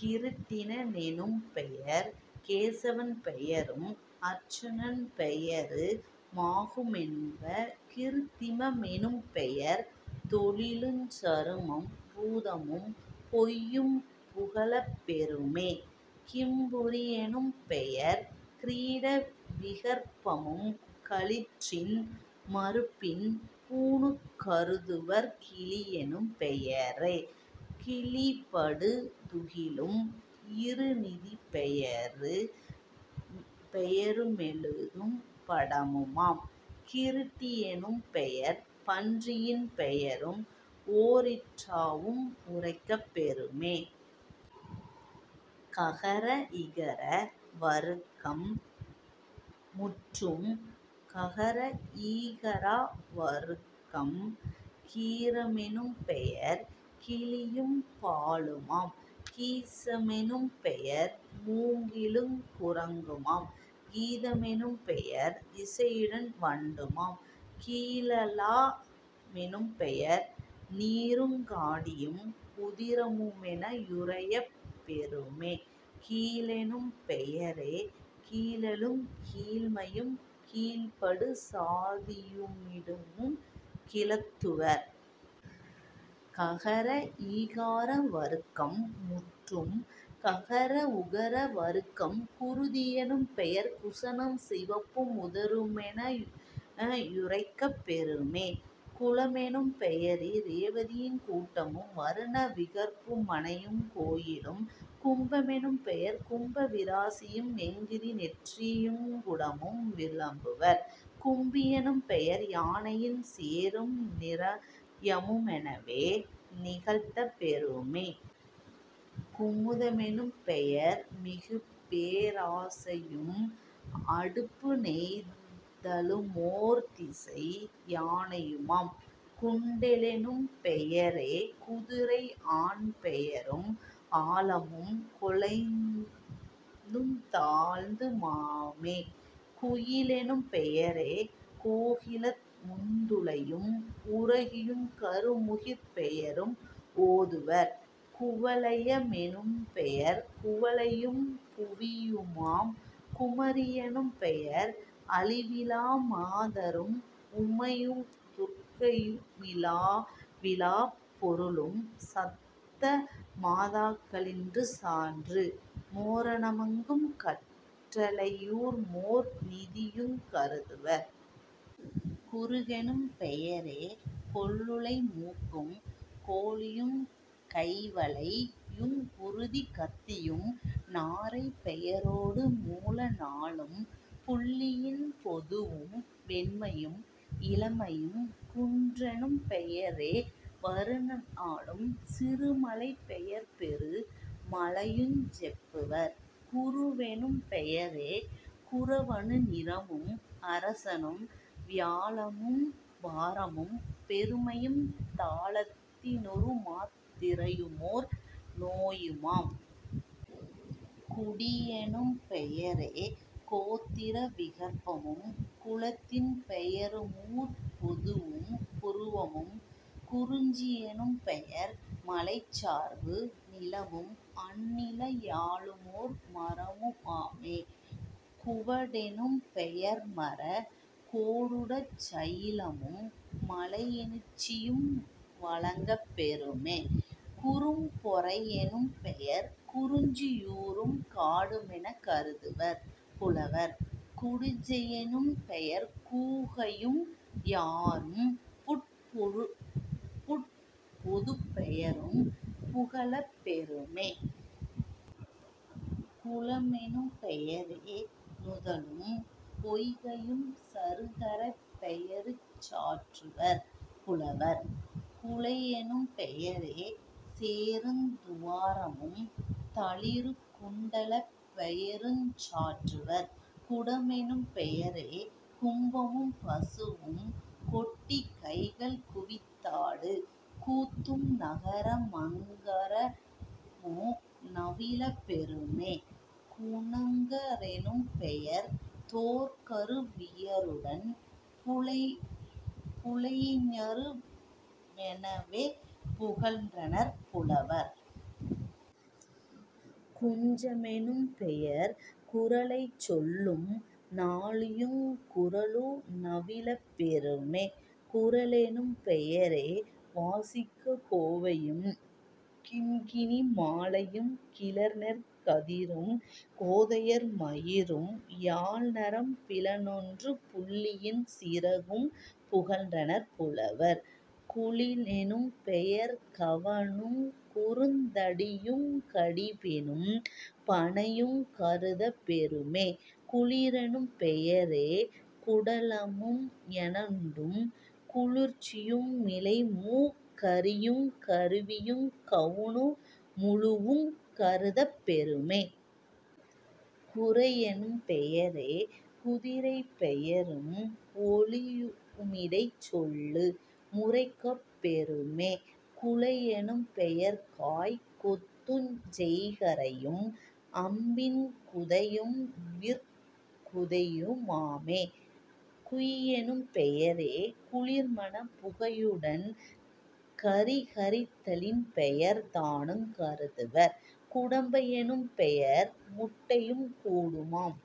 கிருட்டின னெனும்பெயர் கேசவன் பெயரும் அருச்சனன் பெயரு மாகு மென்ப..... கிருத்திம மெனும்பெயர் தொழிலுஞ் சருமமும் பூதமும் பொய்யும் புகலப் பெறுமே..... கிம்புரி யெனும்பெயர் கிரீட விகற்பமும் களிற்றின் மருப்பின் பூணுங் கருதுவர்..... கிழியெனும் பெயரே கிழிபடு துகிலும் இருநிதிப் பெயரு மெழுது படமுமாம்..... கிருட்டி யெனும்பெயர் பன்றியின் பெயரும் ஓரீற் றாவும் உரைக்கப் பெறுமே..... ககர இகர வருக்கம் முற்றும். ககர ஈகார வருக்கம் கீர மெனும்பெயர் கிளியும் பாலுமாம்..... கீச கமெனும் பெயர் மூங்கிலுங் குரங்குமாம்..... கீத மெனும்பெயர் இசையுடன் வண்டுமாம்..... கீலால மெனும்பெயர் நீருங் காடியும் உதிரமு மெனவே யுரைக்கப் பெறுமே..... கீழெனும் பெயரே கிழக்குங் கீழ்மையும் கீழ்ப்படு சாதியு மிடமுங் கிளத்துவர்..... ககர ஈகார வருக்கம் முற்றும். ககர உகர வருக்கம் குருதி யெனும்பெயர் குசனும் சிவப்பும் உதிரமு மெனவே யுரைக்கப் பெறுமே..... குலமெனும் பெயரி ரேவதியுங் கூட்டமும் வருண விகற்பமு மனையுங் கோயிலும்..... கும்ப மெனும்பெயர் கும்ப விராசியும் வெங்கிரி நெற்றியுங் குடமும் விளம்புவர்..... கும்பி யெனும்பெயர் யானையும் சேறும் நிரயமு மெனவே நிகழ்த்தப் பெறுமே..... குமுத மெனும்பெயர் மிகும்பே ரோசையும் அடுப்பு நெய்தலு மோர்திசை யானையுமாம்..... குண்டெனும் பெயரே குதிரை ஆண்பெயரும் ஆழமும் கொலையுந் தாழ்வு மாமே..... குயிலெனும் பெயரே கோகிலமுந் துளையும் உரையுங் கருமுகிற் பெயரும் ஓதுவர்..... குவலைய மெனும்பெயர் குவளையும் புவியுமாம்..... குமரி யெனும்பெயர் அழிவிலா மாதரும் உமையுந் துர்க்கையு மழிவிலாப் பொருளும் சத்த மாதாக்களிற் சாற்று மோரணங்கும் கற்றா ழையுமோர் நதியுங் கருதுவர்..... குருகெனும் பெயரே கொல்லுலை மூக்கும் கோழியுங் கைவளை யுங்குருக் கத்தியும் நாரை பெயரோடு மூல நாளும் புள்ளின் பொதுவும் வெண்மையும் இளமையும்.... குன்றெனும் பெயரே வருண னாளும் சிறுமலைப் பெயர்பெரு மலையுஞ் செப்புவர்.... குருவெனும் பெயரே குரவனு நிறமும் அரசனும் வியாழமும் பாரமும் பெருமையும் தாளத்தி னிருமாத் திரையுமோர் நோயுமாம்..... குடியெனும் பெயரே கோத்திர விகற்பமும் குலத்தின் பெயருமூர்ப் பொதுவும் புருவமும்..... குறிஞ்சி யெனும்பெயர் மலைச்சார்பு நிலமும் அந்நில யாழுமோர் மரமு மாமே..... குவடெனும் பெயர்மரக் கோடுஞ் சயிலமும் மலையி னுச்சியும் வழங்கப் பெறுமே..... குறும்பொறை யெனும்பெயர் குறிஞ்சி யூரும் காடு மெனவே கருதுவர் புலவர்..... குடிஞை யெனும்பெயர் கூகையும் யாறும் புட்பொதுப் பெயரும் புகலப் பெறுமே..... குளமெனும் பெயரே நுதலும் பொய்கையும் சருக்கரைப் பெயருஞ் சாற்றுவர் புலவர்..... குழையெனும் பெயரே சேறுந் துவாரமும் தளிறுங் குண்டலப் பெயருஞ் சாற்றுவர்..... குடமெனும் பெயரே கும்பமும் பசுவும் கொட்டிக் கைகள் குவித்தாடு கூத்தும் நகர மக்காரமு நவிலப் பெறுமே..... குணுங்க ரெனும்பெயர் தோற்கரு வியருடன் புலைஞரு மெனவே புகன்றனர் புலவர்..... குஞ்ச மெனும்பெயர் குறளைச் சொல்லும் நாழியுங் குறளு நவிலப் பெறுமே..... குரலெனும் பெயரே வாசிக் கோவையும் கிண்கிணி மாலையும் கிளர்நெற் கதிரும் கோதையர் மயிரும் யாழ்நரம் பிலொன்றும் புள்ளின் சிறகும் புகன்றனர் புலவர்..... குணிலெனும் பெயர்கவ ணுங்குறுந் தடியுங் கடிப்பெனும் பணையுங் கருதப் பெறுமே..... குளிரெனும் பெயரே குடமுழவும் ஞெண்டும் குளிர்ச்சியு மிலைமூக் கரியுங் கருவியுங் கவணு மழுவுங் கருதப் பெறுமே..... குரையெனும் பெயரே குதிரைப் பெயரும் ஒலியுமிடைச் சொல்லு முரைக்கப் பெறுமே..... குலையெனும் பெயர்காய்க் கொத்துஞ் செய்கரையும் அம்பின் குதையும் விற்குதையு மாமே..... குய்யெனும் பெயரே குளிர்மணப் புகையுடன் கறிகரித் தலின்பெயர் தானுங் கருதுவர்..... குடம்பை யெனும்பெயர் முட்டையும் கூடுமாம்...